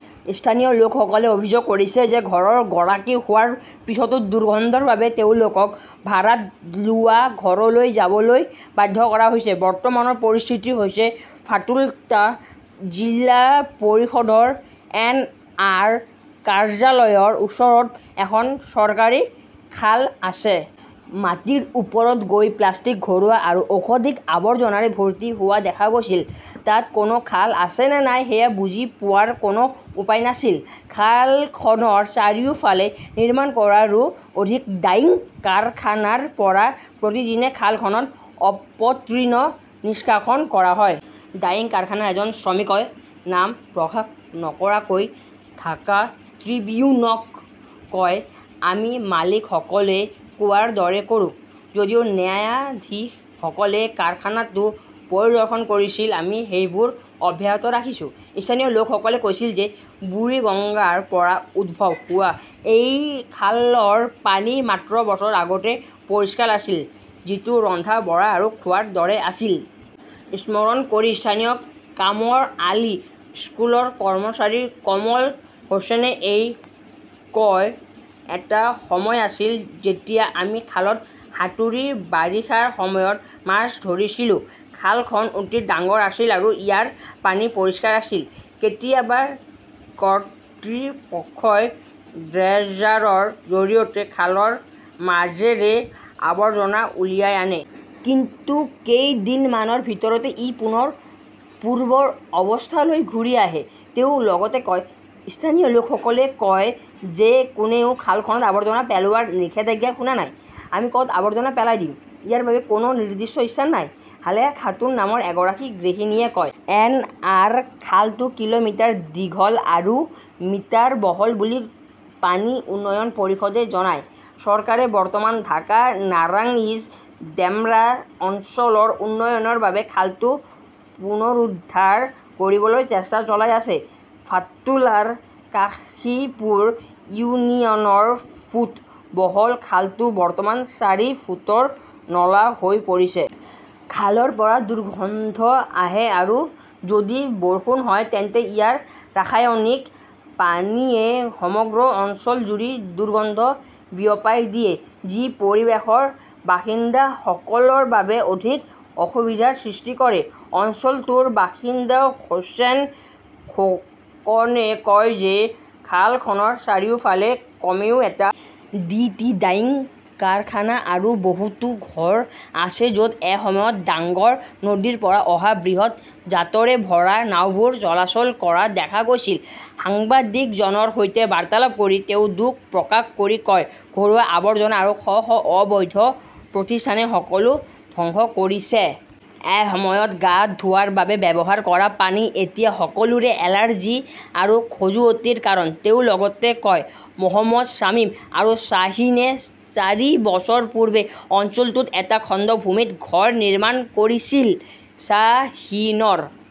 স্থানীয় লোকসকলে অভিযোগ কৰিছে যে ঘৰৰ গৰাকী হোৱাৰ পিছতো দুৰ্গন্ধৰ বাবে তেওঁলোকক ভাড়াত লোৱা ঘৰলৈ যাবলৈ বাধ্য কৰা হৈছে। বৰ্তমানৰ পৰিস্থিতি হৈছে ফাতুল্লাত জিলা পৰিষদৰ এন. আৰ. কাৰ্যালয়ৰ ওচৰত এখন চৰকাৰী খাল আছে। মাটিৰ ওপৰত গৈ প্লাষ্টিক, ঘৰুৱা আৰু ঔদ্যোগিক আৱৰ্জনাৰে ভৰ্তি হোৱা দেখা গৈছিল। তাত কোনো খাল আছে নে নাই সেয়া বুজি পোৱাৰ কোনো উপায় নাছিল। খালখনৰ চাৰিওফালে নিৰ্মাণ কৰা ৰো অধিক ডাইং কাৰখানাৰ পৰা প্ৰতিদিনে খালখনত অপতৃণ নিষ্কাশন কৰা হয়। ডাইং কাৰখানাৰ এজন শ্ৰমিকই নাম প্ৰকাশ নকৰাকৈ ঢাকা ট্ৰিবিউনক কয়, "আমি মালিকসকলে কোৱাৰ দৰে কৰোঁ। যদিও ন্যায়াধীশসকলে কাৰখানাটো পৰিদৰ্শন কৰিছিল, আমি সেইবোৰ অব্যাহত ৰাখিছো। "স্থানীয় লোকসকলে কৈছিল যে বুৰিগঙ্গাৰ পৰা উদ্ভৱ হোৱা এই খালৰ পানী মাত্ৰ বছৰ আগতে পৰিষ্কাৰ আছিল, যিটো ৰন্ধা-বঢ়া আৰু খোৱাৰ দৰে আছিল। স্মৰণ কৰি স্থানীয় কামৰ আলী স্কুলৰ কৰ্মচাৰী কমল হোসেন -এ কয়, "এটা সময় আছিল যেতিয়া আমি খালত সাঁতুৰি বাৰিষাৰ সময়ত মাছ ধৰিছিলো। খালখন অতি ডাঙৰ আছিল আৰু ইয়াৰ পানী পৰিষ্কাৰ আছিল। "" কেতিয়াবা কৰ্তৃপক্ষই ড্ৰেজাৰৰ জৰিয়তে খালৰ মাজেৰে আৱৰ্জনা উলিয়াই আনে। কিন্তু কেইদিনমানৰ ভিতৰতে ই পুনৰ পূৰ্বৰ অৱস্থালৈ ঘূৰি আহে ", তেওঁ লগতে কয়। স্থানীয় লোকসকলে কয় যে কোনেও খালখনত আৱৰ্জনা পেলোৱাৰ নিষেধাজ্ঞা শুনা নাই। "আমি ক" ত আৱৰ্জনা পেলাই দিম? " ইয়াৰ বাবে কোনো নিৰ্দিষ্ট স্থান নাই ", সালেহা খাতুন নামৰ এগৰাকী গৃহিণীয়ে কয়। এন. আৰ. খালটো কিলোমিটাৰ দীঘল আৰু মিটাৰ বহল বুলি পানী উন্নয়ন পৰিষদে জনায়। চৰকাৰে বৰ্তমান ঢাকা-নাৰাংইজ-ডেমৰা অঞ্চলৰ উন্নয়নৰ বাবে খালটো পুনৰুদ্ধাৰ কৰিবলৈ চেষ্টা চলাই আছে। ফাতুল্লাৰ কাশীপুৰ ইউনিয়নৰ ফুট বহল খালটো বৰ্তমান চাৰি ফুটৰ নলা হৈ পৰিছে। খালৰ পৰা দুৰ্গন্ধ আহে আৰু যদি বৰষুণ হয় তেন্তে ইয়াৰ ৰাসায়নিক পানীয়ে সমগ্ৰ অঞ্চলজুৰি দুৰ্গন্ধ বিয়পাই দিয়ে, যি পৰিৱেশৰ বাসিন্দাসকলৰ বাবে অধিক অসুবিধাৰ সৃষ্টি কৰে। অঞ্চলটোৰ বাসিন্দা হোসেন খোকনে কয় যে খালখনৰ চাৰিওফালে কমেও এটা <আই. ডি. টি ডাইং কাৰখানা আৰু বহুতো ঘৰ আছে য 'ত এসময়ত ডাঙৰ নদীৰ পৰা অহা বৃহৎ জাটৰে ভৰা নাওবোৰ চলাচল কৰা দেখা গৈছিল। সাংবাদিকজনৰ সৈতে বাৰ্তালাপ কৰি তেওঁ দুখ প্ৰকাশ কৰি কয়, "ঘৰুৱা আৱৰ্জনা আৰু শ শ অবৈধ প্ৰতিষ্ঠানে সকলো ধ্বংস কৰিছে। " "এসময়ত গা ধোৱাৰ বাবে ব্যৱহাৰ কৰা পানী এতিয়া সকলোৰে এলাৰ্জি আৰু খজুৱতিৰ কাৰণ", তেওঁ লগতে কয়। "মহম্মদ শ্বামীম আৰু শ্বাহীনে চাৰি বছৰ পূৰ্বে অঞ্চলটোত এটা খণ্ড ভূমিত ঘৰ নিৰ্মাণ কৰিছিল। শ্বাহীনৰ